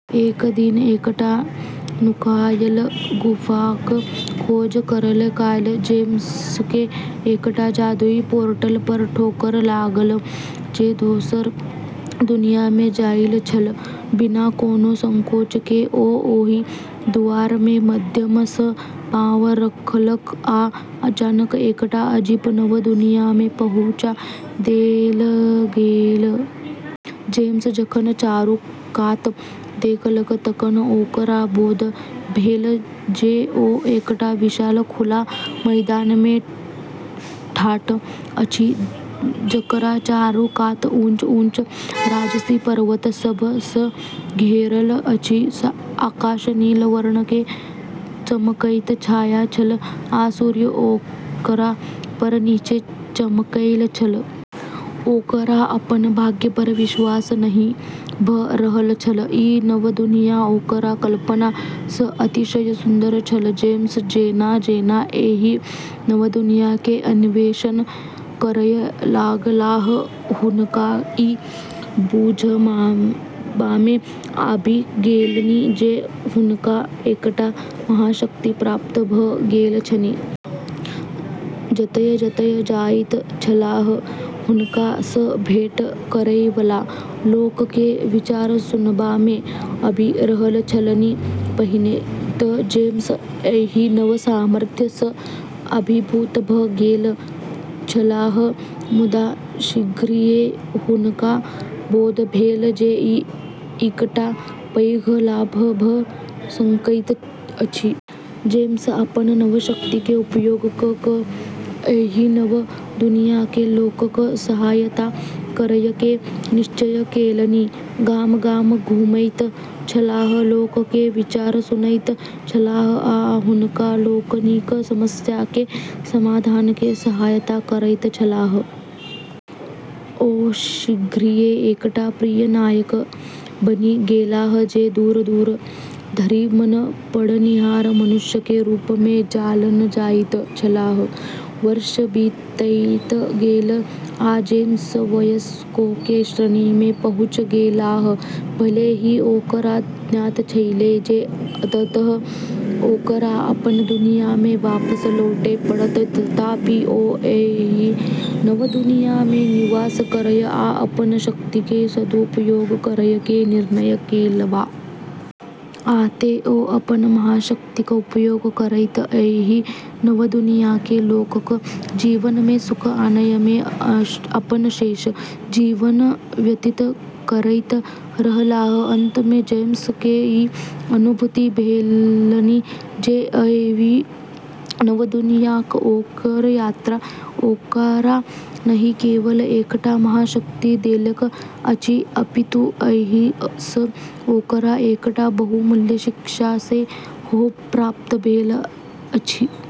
एक दिन एकटा नुकायल गुफाक खोज करय काल जेम्सकेँ एकटा जादुई पोर्टल पर ठोकर लागल, जे दोसर दुनिया में जाइत छल। बिना कोनो संकोच के ओ ओहि दुआर के माध्यम सँ पाँव रखलक आ अचानक एकटा अजीब नव दुनिया में पहुँचा देल गेल। जेम्स जखन चारू कात देखलक, तखन ओकरा बोध भेल जे ओ एकटा विशाल, खुला मैदान में ठाढ़ अछि, जकरा चारू कात ऊँच-ऊँच, राजसी पर्वत सभ सँ घेरल अछि। आकाश नील वर्ण के चमकैत छाया छल आ सूर्य ओकरा पर नीचे चमकैत छल। ओकरा अपन भाग्य पर विश्वास नहि भऽ रहल छल, ई नव दुनिया ओकरा कल्पना सँ अतिशय सुन्दर छल। जेम्स जेना-जेना एहि नव दुनिया के अन्वेषण करय लगलाह, हुनका ई बुझबामे आबि गेलनि जे हुनका एकटा महाशक्ति प्राप्त भऽ गेल छनि। जतय-जतय जाइत छलाह, हुनका सँ भेंट करै वला लोक के विचार सुनबा मे आबि रहल छलनि। पहिने तँ जेम्स एहि नव सामर्थ्य सँ अभिभूत भऽ गेल छलाह, मुदा शीघ्रिये हुनका बोध भेल जे ई एकटा पैघ लाभ भऽ सकैत अछि। जेम्स अपन नव शक्ति के उपयोग कऽ के एहि नव दुनियाके लोकक सहायता करयके निश्चय केलनि। गाम-गाम घुमैत छलाह, लोक के विचार सुनैत छलाह आ हुनका लोकनिक समस्या के समाधान में सहायता करैत छलाह। ओ शीघ्रिये एकटा प्रिय नायक बनि गेलाह, जे दूर-दूर धरि मन पड़निहार मनुष्य के रूप में जानल जाइत छलाह। वर्ष बीतैत गेल, आ जेम्स वयस्कों के श्रेणी में पहुँच गेलाह। भले ही ओकरा ज्ञात छेलै जे अंततः ओकरा अपन दुनिया में वापस लौटै पड़त, तथापि ओ एहि नव दुनिया मे निवास करय आ अपन शक्ति के सदुपयोग करयके निर्णय केलक। आ तें, ओ अपन महाशक्तिक उपयोग करैत एहि नव दुनियाके लोकक जीवन मे सुख आनय मे अपन शेष जीवन व्यतीत करैत रहलाह। अंत मे जेम्स के ई अनुभूति भेलनि जे एहि नव दुनियाक ओकर यात्रा ओकरा नहि केवल एकटा महाशक्ति देलक अछि, अपितु एहि सँ ओकरा एकटा बहुमूल्य शिक्षा सेहो प्राप्त भेल अछि।